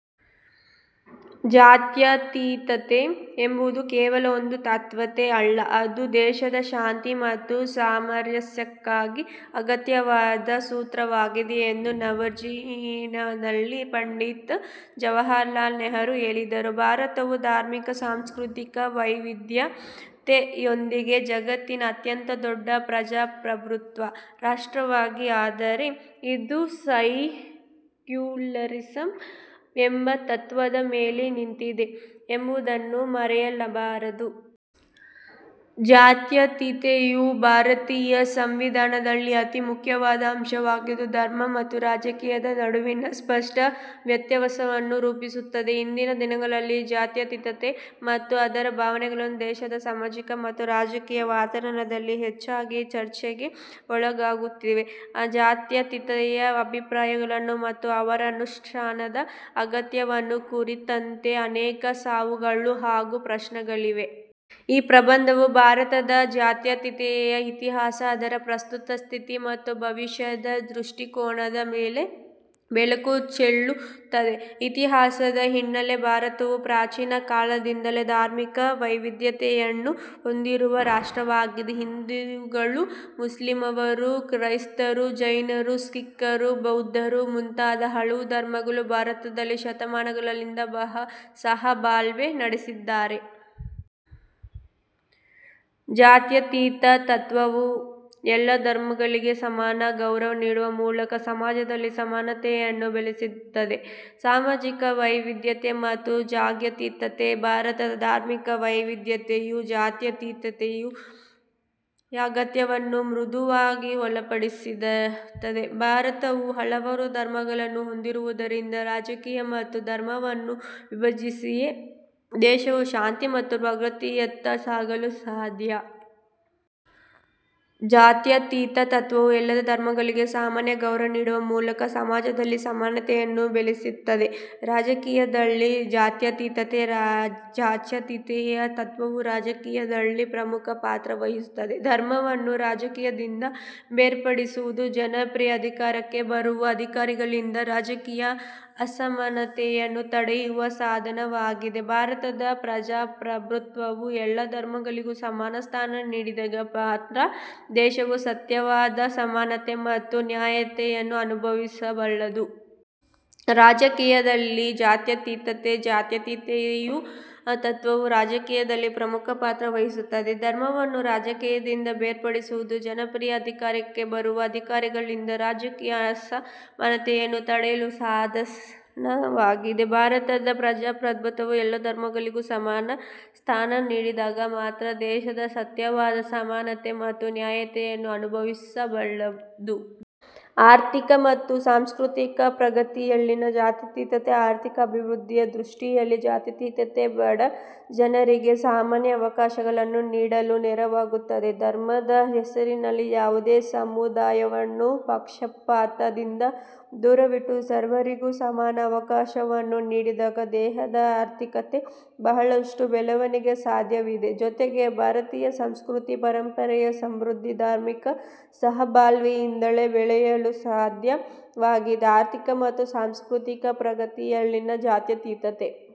"ಜಾತ್ಯತೀತತೆ ಎಂಬುದು ಕೇವಲ ಒಂದು ತತ್ವವೇ ಅಲ್ಲ, ಅದು ದೇಶದ ಶಾಂತಿ ಮತ್ತು ಸಾಮರಸ್ಯಕ್ಕಾಗಿ ಅಗತ್ಯವಾದ ಸೂತ್ರವಾಗಿದೆ" ಎಂದು ನವಜೀವನದಲ್ಲಿ ಪಂಡಿತ್ ಜವಾಹರಲಾಲ್ ನೆಹರು ಹೇಳಿದರು. ಭಾರತವು ಧಾರ್ಮಿಕ, ಸಾಂಸ್ಕೃತಿಕ ವೈವಿಧ್ಯತೆಯೊಂದಿಗೆ ಜಗತ್ತಿನ ಅತ್ಯಂತ ದೊಡ್ಡ ಪ್ರಜಾಪ್ರಭುತ್ವ ರಾಷ್ಟ್ರವಾಗಿದೆ. ಆದರೆ, ಇದು ಸೈಕ್ಯುಲರಿಸಂ ಎಂಬ ತತ್ವದ ಮೇಲೆ ನಿಂತಿದೆ ಎಂಬುದನ್ನು ಮರೆಯಬಾರದು. ಜಾತ್ಯತೀತತೆಯು ಭಾರತೀಯ ಸಂವಿಧಾನದಲ್ಲಿ ಅತಿ ಮುಖ್ಯವಾದ ಅಂಶವಾಗಿದ್ದು, ಧರ್ಮ ಮತ್ತು ರಾಜಕೀಯದ ನಡುವಿನ ಸ್ಪಷ್ಟ ವ್ಯತ್ಯಾಸವನ್ನು ರೂಪಿಸುತ್ತದೆ. ಇಂದಿನ ದಿನಗಳಲ್ಲಿ, ಜಾತ್ಯತೀತತೆ ಮತ್ತು ಅದರ ಭಾವನೆಗಳು ದೇಶದ ಸಾಮಾಜಿಕ ಮತ್ತು ರಾಜಕೀಯ ವಾತಾವರಣದಲ್ಲಿ ಹೆಚ್ಚಾಗಿ ಚರ್ಚೆಗೆ ಒಳಗಾಗುತ್ತಿವೆ. ಜಾತ್ಯತೀತತೆಯ ಅಭಿಪ್ರಾಯಗಳನ್ನು ಮತ್ತು ಅವರ ಅನುಷ್ಠಾನದ ಅಗತ್ಯವನ್ನು ಕುರಿತಂತೆ ಅನೇಕ ಸವಾಲುಗಳು ಹಾಗೂ ಪ್ರಶ್ನೆಗಳಿವೆ. ಈ ಪ್ರಬಂಧವು ಭಾರತದ ಜಾತ್ಯತೀತತೆಯ ಇತಿಹಾಸ, ಅದರ ಪ್ರಸ್ತುತ ಸ್ಥಿತಿ ಮತ್ತು ಭವಿಷ್ಯದ ದೃಷ್ಟಿಕೋನದ ಮೇಲೆ ಬೆಳಕು ಚೆಲ್ಲುತ್ತದೆ. ಇತಿಹಾಸದ ಹಿನ್ನಲೆ ಭಾರತವು ಪ್ರಾಚೀನ ಕಾಲದಿಂದಲೇ ಧಾರ್ಮಿಕ ವೈವಿಧ್ಯತೆಯನ್ನು ಹೊಂದಿರುವ ರಾಷ್ಟ್ರವಾಗಿದೆ. ಹಿಂದೂಗಳು, ಮುಸ್ಲಿಮರು, ಕ್ರೈಸ್ತರು, ಜೈನರು, ಸಿಖ್ಕರು, ಬೌದ್ಧರು ಮುಂತಾದ ಹಲವು ಧರ್ಮಗಳು ಭಾರತದಲ್ಲಿ ಶತಮಾನಗಳಿಂದ ಸಹಬಾಳ್ವೆ ನಡೆಸಿದ್ದಾರೆ. ಜಾತ್ಯತೀತ ತತ್ವವು ಎಲ್ಲ ಧರ್ಮಗಳಿಗೆ ಸಮಾನ ಗೌರವ ನೀಡುವ ಮೂಲಕ ಸಮಾಜದಲ್ಲಿ ಸಮಾನತೆಯನ್ನು ಬೆಳೆಸುತ್ತದೆ. ಸಾಮಾಜಿಕ ವೈವಿಧ್ಯತೆ ಮತ್ತು ಜಾತ್ಯತೀತತೆ ಭಾರತದ ಧಾರ್ಮಿಕ ವೈವಿಧ್ಯತೆಯು ಜಾತ್ಯತೀತತೆಯ ಅಗತ್ಯವನ್ನು ಮೃದುವಾಗಿ ಬಲಪಡಿಸುತ್ತದೆ. ಭಾರತವು ಹಲವಾರು ಧರ್ಮಗಳನ್ನು ಹೊಂದಿರುವುದರಿಂದ, ರಾಜಕೀಯ ಮತ್ತು ಧರ್ಮವನ್ನು ವಿಭಜಿಸಿಯೇ ದೇಶವು ಶಾಂತಿ ಮತ್ತು ಪ್ರಗತಿಯತ್ತ ಸಾಗಲು ಸಾಧ್ಯ. ಜಾತ್ಯತೀತ ತತ್ವವು ಎಲ್ಲ ಧರ್ಮಗಳಿಗೆ ಸಮಾನ ಗೌರವ ನೀಡುವ ಮೂಲಕ ಸಮಾಜದಲ್ಲಿ ಸಮಾನತೆಯನ್ನು ಬೆಳೆಸುತ್ತದೆ. ರಾಜಕೀಯದಲ್ಲಿ ಜಾತ್ಯತೀತತೆ ಜಾತ್ಯತೀತತೆಯ ತತ್ವವು ರಾಜಕೀಯದಲ್ಲಿ ಪ್ರಮುಖ ಪಾತ್ರ ವಹಿಸುತ್ತದೆ. ಧರ್ಮವನ್ನು ರಾಜಕೀಯದಿಂದ ಬೇರ್ಪಡಿಸುವುದು ಜನಪ್ರಿಯ ಅಧಿಕಾರಕ್ಕೆ ಬರುವ ಅಧಿಕಾರಿಗಳಿಂದ ರಾಜಕೀಯ ಅಸಮಾನತೆಯನ್ನು ತಡೆಯುವ ಸಾಧನವಾಗಿದೆ. ಭಾರತದ ಪ್ರಜಾಪ್ರಭುತ್ವವು ಎಲ್ಲ ಧರ್ಮಗಳಿಗೂ ಸಮಾನ ಸ್ಥಾನ ನೀಡಿದಾಗ ಮಾತ್ರ ದೇಶವು ಸತ್ಯವಾದ ಸಮಾನತೆ ಮತ್ತು ನ್ಯಾಯತೆಯನ್ನು ಅನುಭವಿಸಬಲ್ಲದು. ರಾಜಕೀಯದಲ್ಲಿ ಜಾತ್ಯತೀತತೆ ಜಾತ್ಯತೀತತೆಯ ತತ್ವವು ರಾಜಕೀಯದಲ್ಲಿ ಪ್ರಮುಖ ಪಾತ್ರ ವಹಿಸುತ್ತದೆ. ಧರ್ಮವನ್ನು ರಾಜಕೀಯದಿಂದ ಬೇರ್ಪಡಿಸುವುದು ಜನಪ್ರಿಯ ಅಧಿಕಾರಕ್ಕೆ ಬರುವ ಅಧಿಕಾರಿಗಳಿಂದ ರಾಜಕೀಯ ಅಸಮಾನತೆಯನ್ನು ತಡೆಯುವ ಸಾಧನವಾಗಿದೆ. ಭಾರತದ ಪ್ರಜಾಪ್ರಭುತ್ವವು ಎಲ್ಲ ಧರ್ಮಗಳಿಗೂ ಸಮಾನ ಸ್ಥಾನ ನೀಡಿದಾಗ ಮಾತ್ರ ದೇಶವು ಸತ್ಯವಾದ ಸಮಾನತೆ ಮತ್ತು ನ್ಯಾಯತೆಯನ್ನು ಅನುಭವಿಸಬಲ್ಲದು. ಆರ್ಥಿಕ ಮತ್ತು ಸಾಂಸ್ಕೃತಿಕ ಪ್ರಗತಿಯಲ್ಲಿನ ಜಾತ್ಯತೀತತೆ ಆರ್ಥಿಕ ಅಭಿವೃದ್ಧಿಯ ದೃಷ್ಟಿಯಲ್ಲಿ, ಜಾತ್ಯತೀತತೆ ಬಡಜನರಿಗೆ ಸಮಾನ ಅವಕಾಶಗಳನ್ನು ನೀಡಲು ನೆರವಾಗುತ್ತದೆ. ಧರ್ಮದ ಹೆಸರಿನಲ್ಲಿ ಯಾವುದೇ ಸಮುದಾಯವನ್ನು ಪಕ್ಷಪಾತದಿಂದ ದೂರವಿಟ್ಟು, ಸರ್ವರಿಗೂ ಸಮಾನ ಅವಕಾಶವನ್ನು ನೀಡಿದಾಗ, ದೇಶದ ಆರ್ಥಿಕತೆಗೆ ಬಹಳಷ್ಟು ಬೆಳವಣಿಗೆ ಸಾಧ್ಯವಿದೆ. ಜೊತೆಗೆ, ಭಾರತೀಯ ಸಾಂಸ್ಕೃತಿಕ ಪರಂಪರೆಯ ಸಮೃದ್ಧಿ, ಧಾರ್ಮಿಕ ಸಹಬಾಳ್ವೆಯಿಂದಲೇ ಬೆಳೆಯಲು ಸಾಧ್ಯವಾಗಿದೆ. ಆರ್ಥಿಕ ಮತ್ತು ಸಾಂಸ್ಕೃತಿಕ ಪ್ರಗತಿಯಲ್ಲಿನ ಜಾತ್ಯತೀತತೆ